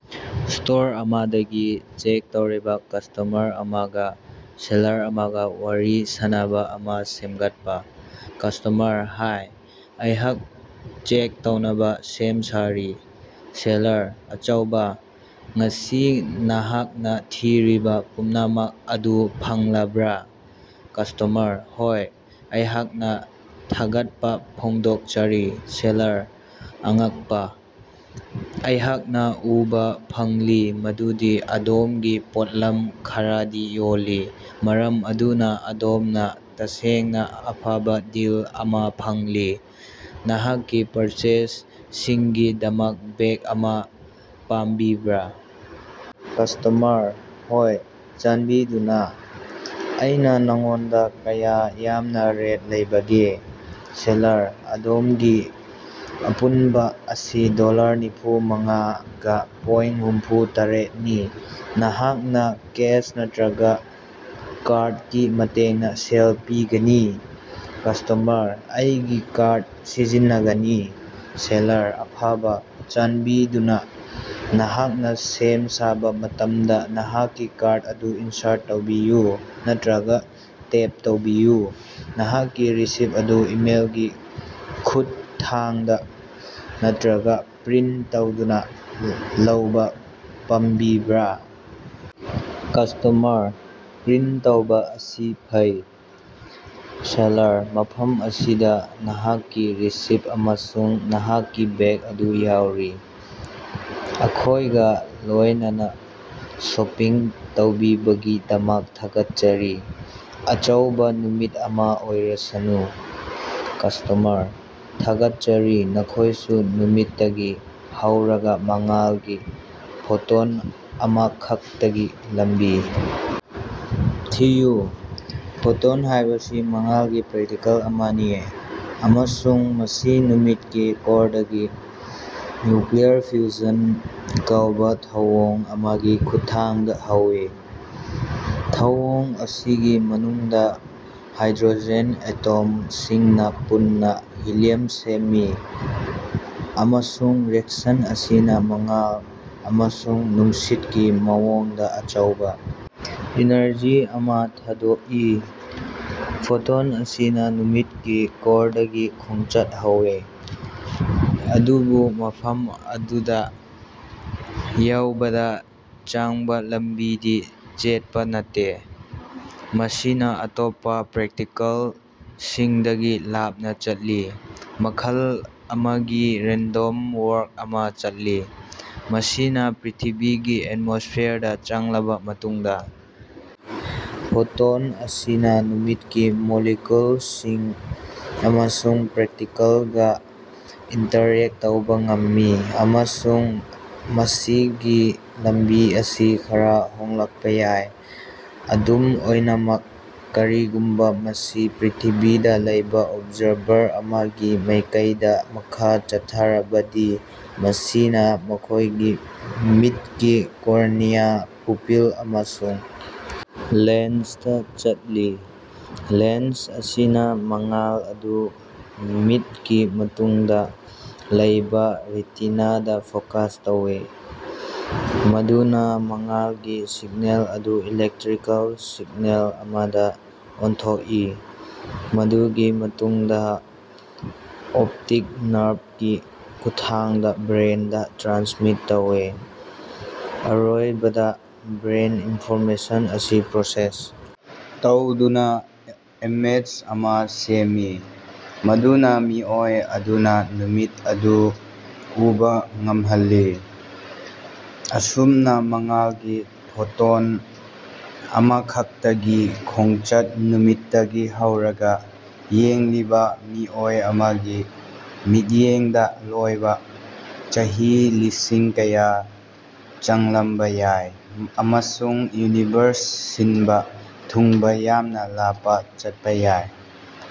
Store ꯑꯃꯗꯒꯤ check ꯇꯧꯔꯤꯕ customer ꯑꯃꯒꯥ ꯁꯦꯜꯁꯔꯁ ꯑꯃꯒ ꯋꯥꯔꯤ ꯁꯥꯅꯕ ꯑꯃꯥ ꯁꯦꯝꯒꯠꯄꯥ꯫ ꯀꯁ꯭ꯇꯃꯔ: ꯍꯥꯏ, ꯑꯩꯍꯥꯛ ꯆꯦꯛ ꯇꯧꯅꯕꯥ ꯁꯦꯝ ꯁꯥꯔꯦ꯫ ꯁꯦꯜꯁꯔꯁ: ꯑꯆꯧꯕꯥ! ꯉꯁꯤ ꯅꯍꯥꯛꯅ ꯊꯤꯔꯤꯕ ꯄꯨꯝꯅꯃꯛ ꯑꯗꯨ ꯐꯪꯂꯕ꯭ꯔꯥ? ꯀꯁ꯭ꯇꯃꯔ: ꯍꯣꯏ, ꯑꯩꯍꯥꯛꯅ ꯊꯥꯒꯠꯄ ꯐꯣꯡꯗꯣꯛꯆꯔꯤ꯫ ꯁꯦꯂꯁꯔꯁ: ꯑꯉꯛꯄꯥ꯫ ꯑꯩꯍꯥꯛꯅ ꯎꯕꯥ ꯐꯪꯂꯤ ꯃꯗꯨꯗꯤ ꯑꯗꯣꯝꯒꯤ ꯄꯣꯠꯂꯝ ꯈꯔꯗꯤ ꯌꯣꯜꯂꯤ, ꯃꯔꯝ ꯑꯗꯨꯅ ꯑꯗꯣꯝꯅꯥ ꯇꯁꯦꯡꯅ ꯑꯐꯕꯥ ꯗꯤꯜ ꯑꯃꯥ ꯐꯪꯂꯤ꯫ ꯅꯍꯥꯛꯀꯤ ꯄꯔꯆꯦꯖꯁꯤꯡꯒꯤꯗꯃꯛ ꯕꯦꯒ ꯑꯃꯥ ꯄꯥꯝꯕꯤꯕ꯭ꯔꯥ? ꯀꯁ꯭ꯇꯃꯔ: ꯍꯣꯏ, ꯆꯥꯟꯕꯤꯗꯨꯅ꯫ ꯑꯩꯅ ꯅꯉꯣꯟꯗ ꯀꯌꯥ ꯌꯥꯝꯅ ꯔ꯭ꯏꯟ ꯂꯩꯕꯒꯦ? ꯁꯦꯂꯁꯔꯁ: ꯑꯗꯣꯝꯒꯤ ꯑꯄꯨꯟꯕ ꯑꯁꯤ ꯗꯣꯂꯔ ꯅꯤꯐꯨꯃꯉꯥꯒ ꯄ‌ꯣꯏꯟ ꯍꯨꯝꯐꯨꯇꯔ‌ꯦꯠꯅꯤ꯫ ꯅꯍꯥꯛꯅꯥ ꯀꯦꯁ ꯅꯠꯇꯔꯒ ꯀꯥꯔꯗꯀꯤ ꯃꯇꯦꯡꯅ ꯁꯦꯜ ꯄꯤꯒꯅꯤ? ꯀꯁ꯭ꯇꯃꯔ: ꯑꯩꯒꯤ ꯀꯥꯔꯗ ꯁꯤꯖꯤꯟꯅꯒꯅꯤ꯫ ꯁꯦꯜꯁꯔꯁ: ꯑꯐꯕ, ꯆꯥꯟꯕꯤꯗꯨꯅ ꯅꯍꯥꯛꯅ ꯁꯦꯝ ꯁꯥꯕ ꯃꯇꯝꯗ ꯅꯍꯥꯛꯀꯤ ꯀꯥꯔꯗ ꯑꯗꯨ ꯏꯟꯁꯥꯔꯠ ꯇꯧꯕꯤꯌꯨ ꯅꯠꯇꯔꯒꯥ ꯇꯦꯞ ꯇꯧꯕꯤꯌꯨ꯫ ꯅꯍꯥꯛꯀꯤ ꯔꯤꯁꯤꯞꯠ ꯑꯗꯨ ꯏꯃꯦꯏꯜꯒꯤ ꯈꯨꯠꯊꯥꯡꯗ ꯅꯠꯇꯔꯒ ꯄ꯭ꯔꯤꯟꯠ ꯇꯧꯗꯨꯅ ꯂꯧꯕꯥ ꯄꯥꯝꯕꯤꯕ꯭ꯔꯥ? ꯀꯁ꯭ꯇꯃꯔ: ꯄ꯭ꯔꯤꯟꯇ ꯇꯧꯕꯥ ꯑꯁꯤ ꯐꯩ꯫ ꯁꯦꯜꯁꯔꯁ: ꯃꯐꯝ ꯑꯁꯤꯗ ꯅꯍꯥꯛꯀꯤ ꯔꯤꯁꯤꯞꯠ ꯑꯃꯁꯨꯡ ꯅꯍꯥꯛꯀꯤ ꯕꯦꯒ ꯑꯗꯨ ꯌꯥꯎꯔꯤ꯫ ꯑꯩꯈꯣꯏꯒ ꯂꯣꯏꯅꯅꯥ ꯁꯣꯄꯤꯡ ꯇꯧꯕꯤꯕꯒꯤꯗꯃꯛ ꯊꯥꯒꯠꯆꯔꯤ, ꯑꯆꯧꯕꯥ ꯅꯨꯃꯤꯠ ꯑꯃꯥ ꯑꯣꯏꯔꯁꯅꯨ! ꯀꯁ꯭ꯇꯃꯔ: ꯊꯥꯒꯠꯆꯔꯤ, ꯅꯈꯣꯏꯁꯨ! ꯅꯨꯃꯤꯠꯇꯒꯤ ꯍꯧꯔꯒ ꯃꯉꯥꯜꯒꯤ ꯐꯣꯇꯣꯟ ꯑꯃꯈꯛꯇꯒꯤ ꯂꯝꯕꯤ ꯊꯤꯌꯨ꯫ ꯐꯣꯇꯣꯟ ꯍꯥꯏꯕꯁꯤ ꯃꯉꯥꯜꯒꯤ ꯄꯥꯔꯇꯤꯀꯜ ꯑꯃꯅꯤ, ꯑꯃꯁꯨꯡ ꯃꯁꯤ ꯅꯨꯃꯤꯠꯀꯤ ꯀꯣꯔꯗꯒꯤ ꯅ꯭ꯌꯨꯀꯂꯤꯌꯔ ꯐ꯭ꯌꯨꯖꯟ ꯀꯧꯕꯥ ꯊꯧꯑꯣꯡ ꯑꯃꯒꯤ ꯈꯨꯠꯊꯥꯡꯗ ꯍꯧꯏ꯫ ꯊꯧꯑꯣꯡ ꯑꯁꯤꯒꯤ ꯃꯅꯨꯡꯗ ꯍꯥꯏꯗ꯭ꯔꯣꯖꯦꯟ ꯑꯦꯇꯣꯝꯁꯤꯡꯅꯥ ꯄꯨꯟꯅꯥ ꯍꯤꯂꯤꯌꯝ ꯁꯦꯝꯃꯤ, ꯑꯃꯁꯨꯡ ꯔꯤꯑꯦꯛꯁꯟ ꯑꯁꯤꯅꯥ ꯃꯉꯥꯜ ꯑꯃꯁꯨꯡ ꯅꯨꯡꯁꯤꯠꯀꯤ ꯃꯑꯣꯡꯗ ꯑꯆꯧꯕꯥ ꯑꯦꯅꯔꯖꯤ ꯑꯃꯥ ꯊꯥꯗꯣꯛꯏ꯫ ꯐꯣꯇꯣꯟ ꯑꯁꯤꯅꯥ ꯅꯨꯃꯤꯠꯀꯤ ꯀꯣꯔꯗꯒꯤ ꯈꯣꯡꯆꯠ ꯍꯧꯏ, ꯑꯗꯨꯕꯨ ꯃꯐꯝ ꯑꯗꯨꯗꯥ ꯌꯧꯕꯗ ꯆꯪꯕ ꯂꯝꯕꯤꯗꯤ ꯆꯦꯠꯄꯥ ꯅꯠꯇꯦ꯫ ꯃꯁꯤꯅꯥ ꯑꯇꯣꯞꯄ ꯄꯥꯔꯇꯤꯀꯜꯁꯤꯡꯗꯒꯤ ꯂꯥꯞꯅ ꯆꯠꯂꯤ, ꯃꯈꯜ ꯑꯃꯒꯤ ꯔꯦꯟꯗꯝ ꯋꯥꯛ꯭ꯔ ꯑꯃꯥ ꯆꯠꯂꯤ꯫ ꯃꯁꯤꯅ ꯄ꯭ꯔꯤꯊꯤꯕꯤꯒꯤ ꯑꯦꯇꯃꯣꯁ꯭ꯐꯤꯌꯔꯗꯥ ꯆꯪꯂꯕ ꯃꯇꯨꯡꯗ ꯐꯣꯇꯣꯟ ꯑꯁꯤꯅ ꯅꯨꯡꯁꯤꯠꯀꯤ ꯃꯣꯂꯤꯀꯌꯨꯜꯁꯤꯡ ꯑꯃꯁꯨꯡ ꯄꯥꯔꯇꯤꯀꯜꯁꯤꯡꯒ ꯏꯟꯇꯔꯦꯛꯇ ꯇꯧꯕ ꯉꯝꯃꯤ, ꯑꯃꯁꯨꯡ ꯃꯁꯤꯒꯤ ꯂꯝꯕꯤ ꯑꯁꯤ ꯈꯔꯥ ꯍꯣꯡꯂꯛꯄꯥ ꯌꯥꯏ꯫ ꯑꯗꯨꯝ ꯑꯣꯏꯅꯃꯛ, ꯀꯔꯤꯒꯨꯝꯕ ꯃꯁꯤ ꯄ꯭ꯔꯤꯊꯤꯕꯤꯗ ꯂꯩꯕ ꯑꯣꯕꯖꯥꯔꯚꯔ ꯑꯃꯒꯤ ꯃꯥꯏꯀꯩꯗꯥ ꯃꯈꯥ ꯆꯠꯊꯔꯕꯗꯤ, ꯃꯁꯤꯅꯥ ꯃꯈꯣꯏꯒꯤ ꯃꯤꯠꯀꯤ ꯀꯣꯔꯅꯤꯌꯥ, ꯄꯨꯄꯤꯜ ꯑꯃꯁꯨꯡ ꯂꯦꯟꯁꯇꯥ ꯆꯠꯂꯤ꯫ ꯂꯦꯟꯁ ꯑꯁꯤꯅꯥ ꯃꯉꯥꯜ ꯑꯗꯨ ꯃꯤꯠꯀꯤ ꯃꯇꯨꯡꯗ ꯂꯩꯕ ꯔꯦꯇꯤꯅꯥꯗꯥ ꯐꯣꯀꯁ ꯇꯧꯏ, ꯃꯗꯨꯅ ꯃꯉꯥꯜꯒꯤ ꯁꯤꯒꯅꯦꯜ ꯑꯗꯨ ꯏꯂꯦꯛꯇꯔꯤꯀꯦꯜ ꯁꯤꯒꯅꯦꯜ ꯑꯃꯗ ꯑꯣꯟꯊꯣꯛꯏ, ꯃꯗꯨꯒꯤ ꯃꯇꯨꯡꯗ ꯑꯣꯞꯇꯤꯛ ꯅꯔꯚꯀꯤ ꯈꯨꯠꯊꯥꯡꯗ ꯕ꯭ꯔ‌ꯦꯟꯗꯥ ꯇ꯭ꯔꯥꯟꯁꯃꯤꯠ ꯇꯧꯏ꯫ ꯑꯔꯣꯏꯕꯗ, ꯕ꯭ꯔꯦꯟꯅꯥ ꯏꯟꯐꯣꯔꯃꯦꯁꯟ ꯑꯁꯤ ꯄ꯭ꯔꯣꯁꯦꯁ ꯇꯧꯗꯨꯅ ꯏꯃꯦꯖ ꯑꯃꯥ ꯁꯦꯝꯃꯤ, ꯃꯗꯨꯅ ꯃꯤꯑꯣꯏ ꯑꯗꯨꯅꯥ ꯅꯨꯃꯤꯠ ꯑꯗꯨ ꯎꯕ ꯉꯝꯍꯜꯂꯤ꯫ ꯑꯁꯨꯝꯅ, ꯃꯉꯥꯜꯒꯤ ꯐꯣꯇꯣꯟ ꯑꯃꯈꯛꯇꯒꯤ ꯈꯣꯡꯆꯠ, ꯅꯨꯃꯤꯠꯇꯒꯤ ꯍꯧꯔꯒꯥ, ꯌꯦꯡꯂꯤꯕꯥ ꯃꯤꯑꯣꯏ ꯑꯃꯒꯤ ꯃꯤꯠꯌꯦꯡꯗ ꯂꯣꯏꯕꯥ, ꯆꯍꯤ ꯂꯤꯁꯤꯡ ꯀꯌꯥ ꯆꯪꯂꯝꯕ ꯌꯥꯏ ꯑꯃꯁꯨꯡ ꯌꯨꯅꯤꯚꯔꯁ ꯁꯤꯟꯕ ꯊꯨꯡꯅ ꯌꯥꯝꯅ ꯂꯥꯞꯅ ꯆꯠꯄꯥ ꯌꯥꯏ꯫